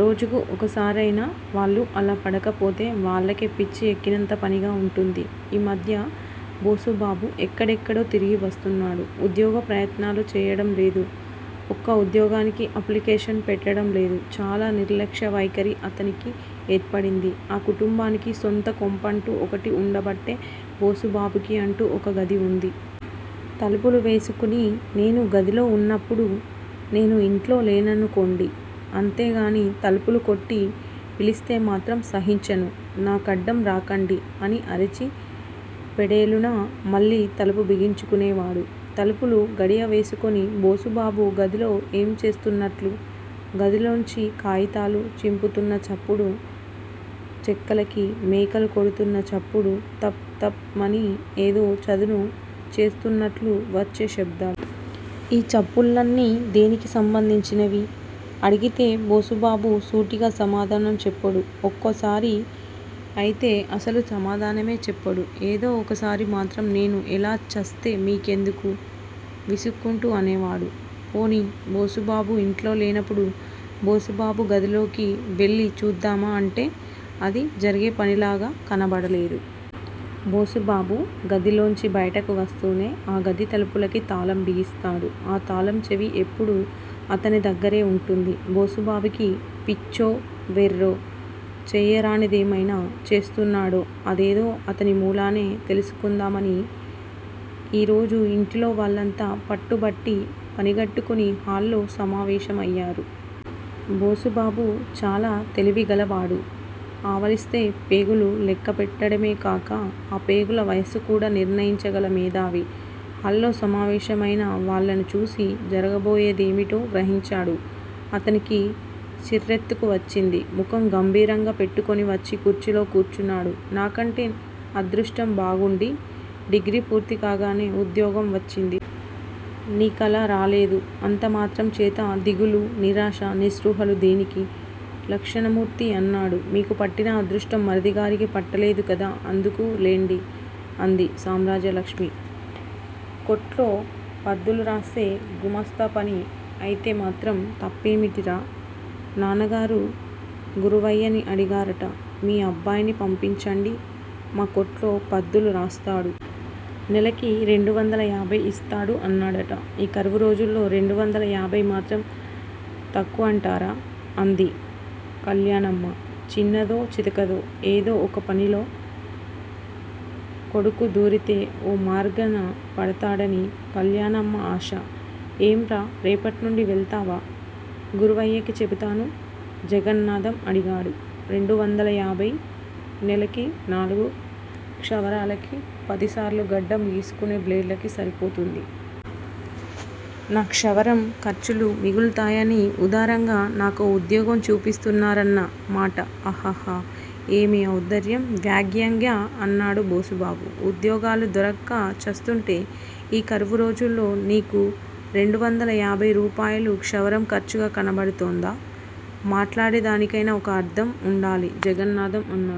రోజుకి ఒకసారయినా వాళ్ళు అలాపడకపోతే వాళ్ళకే పిచ్చి ఎక్కినంత పనిగా వుంటుంది. ఈమధ్య బోసుబాబు ఎక్కడెక్కడో తిరిగివస్తున్నాడు. ఉద్యోగ ప్రయత్నాలు చేయటం లేదు. ఒక్క ఉద్యోగానికీ అప్లికేషన్ పెట్టడంలేదు. చాలా నిర్లక్ష్య వైఖరి అతనికి ఏర్పడింది. ఆ కుటుంబానికి సొంత కొంపంటూ ఒకటి వుండబట్టే బోసుబాబుకి అంటూ ఒక గది వుంది. తలుపులు వేసుకుని నేను గదిలో వున్నప్పుడు నేను ఇంట్లో లేననుకోండి. అంతేకానీ తలుపులు కొట్టి పిలిస్తేమాత్రం సహించను. నాకడ్డం రాకండి అని అరిచి ఫెడేలున మళ్ళీ తలుపు బిగించుకునేవాడు. తలుపులు గడియవేసుకుని బోసుబాబు గదిలో ఏం చేస్తున్నట్లు? గదిలోంచి కాయితాలు చింపుతున్న చప్పుడు, చెక్కలకి మేకులు కొడుతున్న చప్పుడు, తప్, తప్, మని ఏదో చదును చేస్తున్నట్లు వచ్చే శబ్దాలు! ఈ చప్పుళ్ళన్నీ దేనికి సంబందించినవి? అడిగితే బోసుబాబు సూటిగా సమాధానం చెప్పడు. ఒక్కోసారి అయితే అసలు సమాధానమే చెప్పడు. ఏదో ఒకసారి మాత్రం నేను ఎలా ఛస్తే మీకెందుకు? విసుక్కుంటూ అనేవాడు. పోనీ, బోసుబాబు ఇంట్లోలేనప్పుడు బోసుబాబు గదిలోకి వెళ్ళి చూద్దామా అంటే, అది జరిగేపనిలాగా కనపడలేదు. బోసుబాబు గదిలోంచి బయటకు వస్తూనే ఆ గది తలుపులకి తాళం బిగిస్తాడు. ఆ తాళం చెవి ఎప్పుడూ అతని దగ్గరే వుంటుంది. బోసుబాబుకి పిచ్చో, వెర్రో, చేయరానిదేమైనా చేస్తున్నాడో అదేదో అతని మూలానే తెలుసుకుందామని ఈరోజు యింటిలో వాళ్ళంతా పట్టుబట్టి పనిగట్టుకుని హాల్ లో సమావేశమయ్యారు. బోసుబాబు చాలా తెలివిగలవాడు. ఆవలిస్తే ప్రేగులు లెక్కపెట్టడమేకాక, ఆ ప్రేగుల వయస్సు కూడా నిర్ణయించగల మేథావి. హాల్లో సమావేశమయిన వాళ్ళను చూసి జరగబోయేదేమిటో గ్రహించాడు. అతనికి చిర్రెత్తుకు వచ్చింది. ముఖం గంభీరంగా పెట్టుకుని వచ్చి కుర్చీలో కూర్చున్నాడు. నాకంటే అదృష్టం బాగుండి, డిగ్రీ పూర్తి కాగానే ఉద్యోగం వచ్చింది. నీకలా రాలేదు. అంతమాత్రంచేత దిగులు, నిరాశ, నిస్పృహలు దేనికి? లక్షణమూర్తి అన్నాడు. మీకు పట్టిన అదృష్టం మరిదిగారికి పట్టలేదు గదా! అందుకులేండి! అంది సామ్రాజ్యలక్ష్మి. కొట్లో పద్దులురాసే గుమస్తాపని అయితేమాత్రం తప్పేమిటి రా! నాన్నగారు గురవయ్యని అడిగారుట. మీ అబ్బాయిని పంపించండి. మా కొట్లో పద్దులు రాస్తాడు. నెలకి రెండువందల యాభయి ఇస్తాను. అన్నాడుట. ఈ కరువురోజుల్లో రెండువందల యాభయి మాత్రం తక్కువంతర! అంది కల్యాణమ్మ. చిన్నదో, చితకదో ఏదో ఒక పనిలో కొడుకుదూరితే ఓ మార్గాన పడతాడని కల్యాణమ్మ ఆశ. ఏంరా! రేపటినుండి వెళతావా? గురవయ్యకి చెబుతాను! జగన్నాథం అడిగాడు. రెండువందలయాభయి! నెలకి నాలుగు క్షవరాలకి పదిసార్లు గడ్డం గీసుకునే బ్లేడ్లకి సరిపోతుంది. నా క్షవరం ఖర్చులు మిగులుతాయని ఉదారంగా నాకో ఉద్యోగం చూపిస్తున్నారన్న మాట ఆహాహా! ఏమి ఔదార్యం! వ్యంగ్యంగా అన్నాడు బోసుబాబు. ఉద్యోగాలు దొరక్క ఛస్తుంటే ఈ కరువు రోజుల్లో నీకు రెండువందల యాభయి రూపాయలు క్షవరం ఖర్చుగా కనపడుతోందా? మాట్లాడే దానికైనా ఒక అర్ధం వుండాలి జగన్నాథం అన్నాడు.